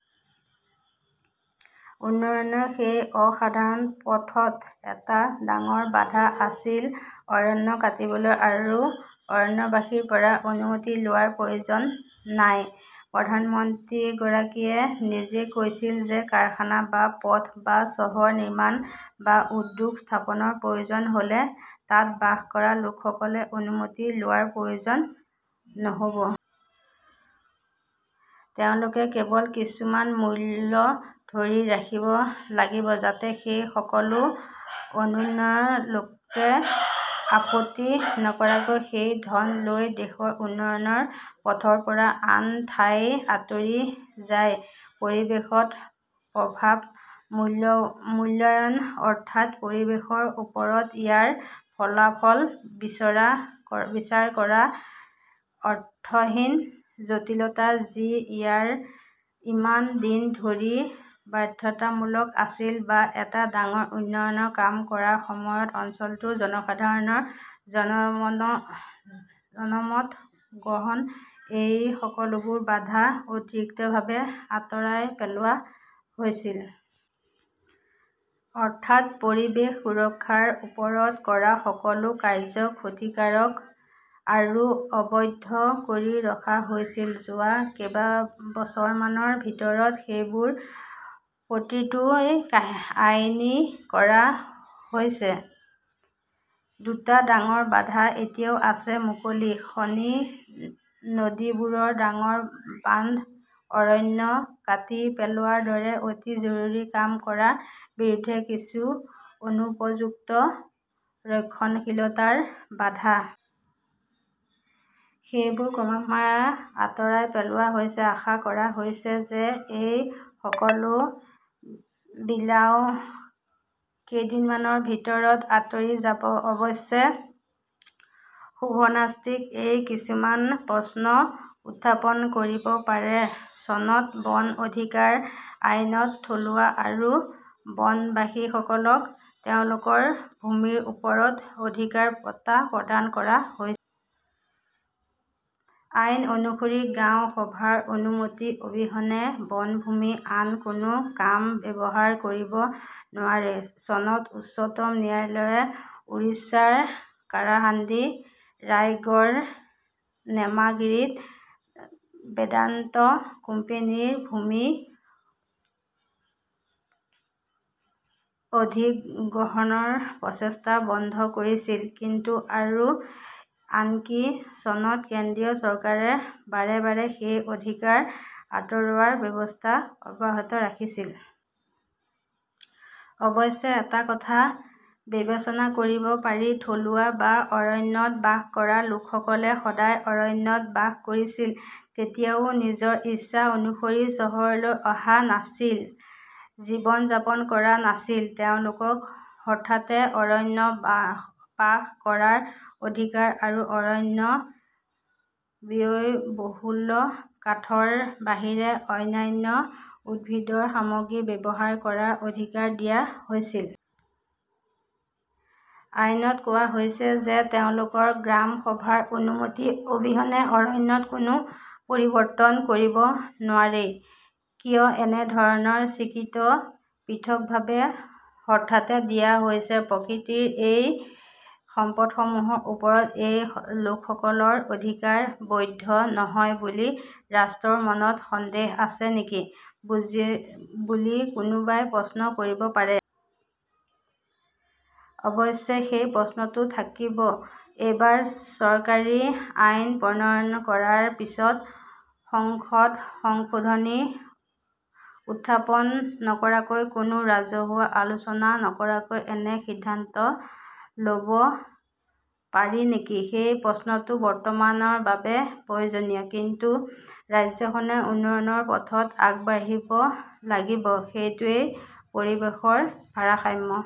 উন্নয়নৰ সেই অ-সাধাৰণ পথত এটা ডাঙৰ বাধা আছিল-অৰণ্য কাটিবলৈ আৰু অৰণ্যবাসীৰ পৰা অনুমতি লোৱাৰ প্ৰয়োজন নাই। প্ৰধানমন্ত্ৰীগৰাকীয়ে নিজেই কৈছিল যে কাৰখানা বা পথ, বা চহৰ নিৰ্মাণ, বা উদ্যোগ স্থাপনৰ প্ৰয়োজন হ 'লে তাত বাস কৰা লোকসকলে অনুমতি লোৱাৰ প্ৰয়োজন নহ' ব। তেওঁলোকে কেৱল কিছুমান মূল্য ধৰি ৰাখিব লাগিব-যাতে সেই সকলো 'অনুন্নত "লোকে আপত্তি নকৰাকৈ সেই ধন লৈ দেশৰ উন্নয়নৰ পথৰ পৰা আন ঠাইত আঁতৰি যায়। পৰিৱেশগত প্ৰভাৱ মূল্যায়ন, অৰ্থাৎ 'পৰিৱেশৰ ওপৰত ইয়াৰ ফলাফল বিচাৰ কৰা' ৰ অৰ্থহীন জটিলতা যি ইমান দিন ধৰি বাধ্যতামূলক আছিল, বা এটা ডাঙৰ উন্নয়নৰ কাম কৰাৰ সময়ত অঞ্চলটোৰ জনসাধাৰণৰ 'জনমত গ্ৰহণ'-এই সকলোবোৰ বাধা অতিৰিক্তভাৱে আঁতৰাই পেলোৱা হৈছে। অৰ্থাৎ, 'পৰিৱেশ সুৰক্ষা "ৰ ওপৰত কৰা সকলো কাৰ্য্য ক্ষতিকাৰক আৰু অবৈধ কৰি ৰখা হৈছিল, যোৱা কেইবছৰমানৰ ভিতৰত সেইবোৰৰ প্ৰতিটোৱেই আইনী কৰা হৈছিল। দুটা ডাঙৰ বাধা এতিয়াও আছে-মুকলি খনি, নদীবোৰত ডাঙৰ বান্ধ, অৰণ্য কাটি পেলোৱাৰ দৰে অতি জৰুৰী কাম কৰাৰ বিৰুদ্ধে কিছুমান অনুপযুক্ত ৰক্ষণশীলতাৰ বাধা। সেইবোৰো ক্ৰমান্বয়ে আঁতৰাই পেলোৱা হৈছে-আশা কৰা হৈছে যে এই সকলো বালিও কেইদিনমানৰ ভিতৰত আঁতৰি যাব। অৱশ্যে 'শুভনাষ্টিক "-এ কিছুমান প্ৰশ্ন উত্থাপন কৰিব পাৰে। চনত বন অধিকাৰ আইনত থলুৱা আৰু বনবাসীসকলক তেওঁলোকৰ ভূমিৰ ওপৰত অধিকাৰ পট্টা প্ৰদান কৰা হৈছিল। আইন অনুসৰি গাঁও সভাৰ অনুমতি অবিহনে বনভূমি আন কোনো কামত ব্যৱহাৰ কৰিব নোৱাৰি। চনত উচ্চতম ন্যায়ালয়ে উৰিষ্যাৰ কালাহাণ্ডি ৰায়গড় নেমাগিৰীত বেদান্ত কোম্পানীৰ ভূমি অধিগ্ৰহণৰ প্ৰচেষ্টা বন্ধ কৰিছিল। কিন্তু, আৰু আনকি চনত কেন্দ্ৰীয় চৰকাৰে বাৰে বাৰে সেই অধিকাৰ আঁতৰোৱাৰ ব্যৱস্থা অব্যাহত ৰাখিছিল। অৱশ্যে এটা কথা বিবেচনা কৰিব পাৰি-থলুৱা বা অৰণ্যত বাস কৰা লোকসকলে সদায় অৰণ্যত বাস কৰিছিল, কেতিয়াও নিজৰ ইচ্ছা অনুসৰি চহৰলৈ অহা নাছিল, জীৱন যাপন কৰা নাছিল, তেওঁলোকক হঠাতে 'অৰণ্যত বাস কৰাৰ অধিকাৰ, আৰু অৰণ্যৰ ব্যয়বহুল কাঠৰ বাহিৰে অন্যান্য উদ্ভিদৰ সামগ্ৰী ব্যৱহাৰ কৰাৰ অধিকাৰ' দিয়া হৈছিল। আইনত কোৱা হৈছে যে তেওঁলোকৰ 'গ্ৰাম সভাৰ অনুমতি অবিহনে অৰণ্যত কোনো পৰিৱৰ্তন কৰিব নোৱাৰি "। কিয় এনে ধৰণৰ স্বীকৃতি পৃথকভাৱে হঠাতে দিয়া হৈছিল? প্ৰকৃতিৰ এই সম্পদসমূহৰ ওপৰত এই লোকসকলৰ অধিকাৰ 'বৈধ "নহয় বুলি ৰাষ্ট্ৰৰ মনত সন্দেহ আছে নেকি বুলি কোনোবাই প্ৰশ্ন কৰিব পাৰে? অৱশ্যে, সেই প্ৰশ্নটো থাকিব। এবাৰ চৰকাৰী আইন প্ৰণয়ন কৰাৰ পিছত, সংসদত সংশোধনী উত্থাপন নকৰাকৈ, কোনো ৰাজহুৱা আলোচনা নকৰাকৈ এনে সিদ্ধান্ত ল "ব পাৰি নেকি সেই প্ৰশ্নটো বৰ্তমানৰ বাবে প্ৰয়োজনীয়। কিন্তু ৰাজ্যখনে উন্নয়নৰ পথত আগবাঢ়িব লাগিব। এইটোৱে পৰিৱেশৰ ভাৰসাম্য